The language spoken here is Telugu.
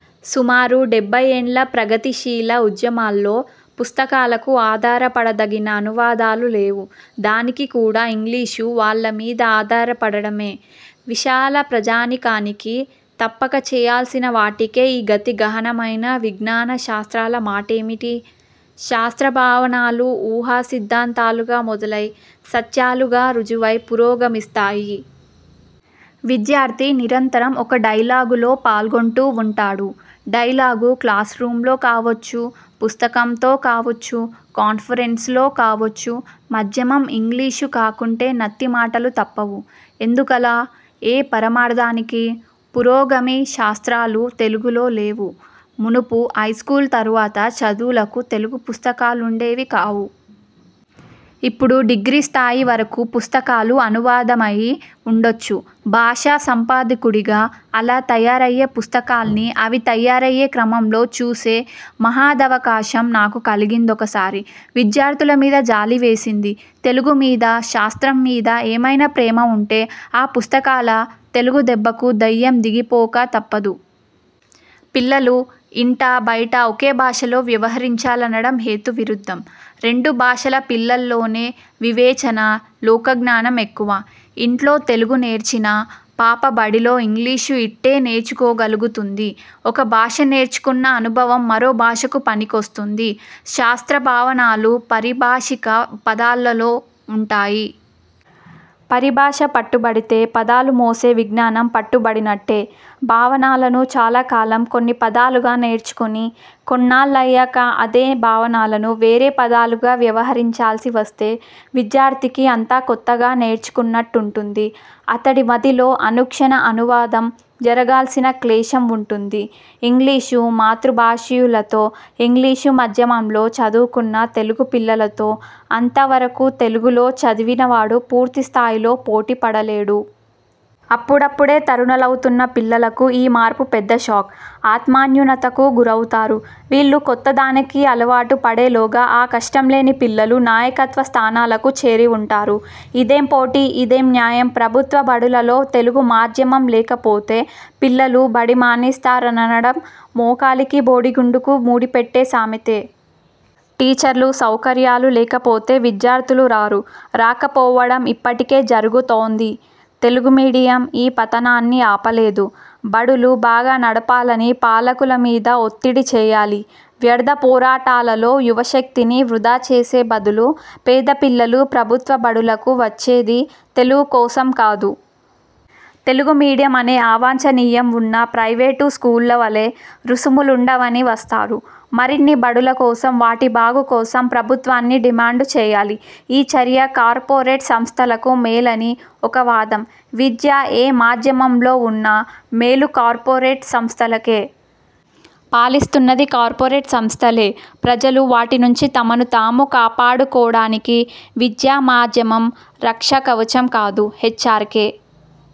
సుమారు డెభ్భై ఏండ్ల ప్రగతిశీల ఉద్యమలో పుస్తకాలకు ఆధారపడదగిన అనువాదాలు లేవు. దానికి కూడా 'ఇంగ్లీషు' వాళ్ళ మీద ఆధారపడడమే. విశాల ప్రజానీకానికి తప్పక తెలియాల్సిన వాటికే ఈ గతి గహనమైన విజ్ఞాన శాస్త్రాల మాటేమిటి? శాస్త్ర 'భావన'లు ఊహా సిద్ధాంతాలుగా మొదలై, సత్యాలుగా రుజువై పురోగమిస్తాయి. విద్యార్థి నిరంతరం ఒక డైలాగులో పాల్గొంటూ వుంటాడు. డైలాగు క్లాసు రూంలో కావొచ్చు, పుస్తకంతో కావొచ్చు. కాన్ఫరెన్సులో కావొచ్చు. మాధ్యమం ఇంగ్లీషు కాకుంటే నత్తి మాటలు తప్పవు. ఎందుకలా? ఏ పరమార్థానికి? పురోగామి శాస్త్రాలు తెలుగులో లేవు. మునుపు హైస్కూలు తరువాత చదువులకు తెలుగు పుస్తకాలుండేవి కావు. ఇప్పుడు డిగ్రీ స్థాయి వరకు పుస్తకాలు అనువాదమయి వుండొచ్చు. 'భాషా సంపాదకుడి'గా అలా తయారయ్యే పుస్తకాల్ని, అవి తయారయ్యే క్రమంలో చూసే మహదవకాశం నాకు కలిగిందొకసారి. విద్యార్థుల మీద జాలి వేసింది. తెలుగు మీద, శాస్త్రం మీద ఏమైనా ప్రేమ వుంటే, ఆ పుస్తకాల తెలుగు దెబ్బకు దయ్యం దిగిపోక తప్పదు. పిల్లలు ఇంటా బయటా ఒకే భాషలో వ్యవహరించాలనడం హేతు విరుద్ధం. రెండు భాషల పిల్లల్లోనే వివేచన, లోకజ్ఞానం ఎక్కువ. ఇంట్లో తెలుగు నేర్చిన పాప బడిలో ఇంగ్లీషు ఇట్టే నేర్చుకోగలుగుతుంది. ఒక భాష నేర్చుకున్న అనుభవం మరో భాషకు పనికొస్తుంది. శాస్త్ర భావనలు పారిభాషిక పదాలలో వుంటాయి. పరిభాష పట్టుబడితే పదాలు మోసే విజ్ఞానం పట్టుబడినట్టే. భావనలను చాలా కాలం కొన్ని పదాలుగా నేర్చుకుని, కొన్నాళ్ళయ్యాక అదే భావనలను వేరే పదాలుగా వ్యవహరించాల్సి వస్తే విద్యార్థికి అంతా కొత్తగా నేర్చుకున్నట్టుంటుంది. అతడి మదిలో అనుక్షణ అనువాదం జరగాల్సిన క్లేశం వుంటుంది. ఇంగ్లీషు-మాతృభాషీయులతో, ఇంగ్లీషు మాధ్యమంలో చదువుకున్న తెలుగు పిల్లలతో అంత వరకు తెలుగులో చదివినవాడు పూర్తి స్థాయిలో పోటీ పడలేడు. అప్పుడప్పుడే తరుణులవుతున్న పిల్లలకు ఈ మార్పు పెద్ద షాక్. ఆత్మన్యూనతకు గురవుతారు. వీళ్లు కొత్తదానికి అలవాటు పడేలోగా ఆ కష్టం లేని పిల్లలు నాయకత్వ స్థానాలకు చేరి వుంటారు. ఇదేం పోటీ? ఇదేం న్యాయం? ప్రభుత్వ బడులలో తెలుగు మాధ్యమం లేకపోతే పిల్లలు బడి మానేస్తారననడం మోకాలికి బోడిగుండుకు ముడి పెట్టే సామెతే. టీచర్లు, సౌకర్యాలు లేకపోతే విద్యార్థులు రారు. రాకపోవడం ఇప్పటికే జరుగుతోంది. 'తెలుగు మీడియం' ఈ పతనాన్ని ఆపలేదు. బడులు బాగా నడపాలని పాలకుల మీద ఒత్తిడి చేయాలి, వ్యర్థ పోరాటాలలో యువశక్తిని వృథా చేసే బదులు. పేద పిల్లలు ప్రభుత్వ బడులకు వచ్చేది తెలుగు కోసం కాదు. తెలుగు మీడియం అనే 'అవాంఛనీయం' వున్నా ప్రైవేటు స్కూళ్ల వలె రుసుములుండవని వస్తారు. మరిన్ని బడుల కోసం, వాటి బాగు కోసం ప్రభుత్వాన్ని డిమాండు చేయాలి. ఈ చర్య కార్పొరేట్ సంస్థలకు మేలని ఒక వాదం. విద్య ఏ మాధ్యమంలో వున్నా మేలు కార్పొరేట్ సంస్థలకే. పాలిస్తున్నది కార్పొరేట్ సంస్థలే. ప్రజలు వాటి నుంచి తమను తాము కాపాడుకోడానికి విద్యా మాధ్యమం రక్షా కవచం కాదు. హెచ్చార్కె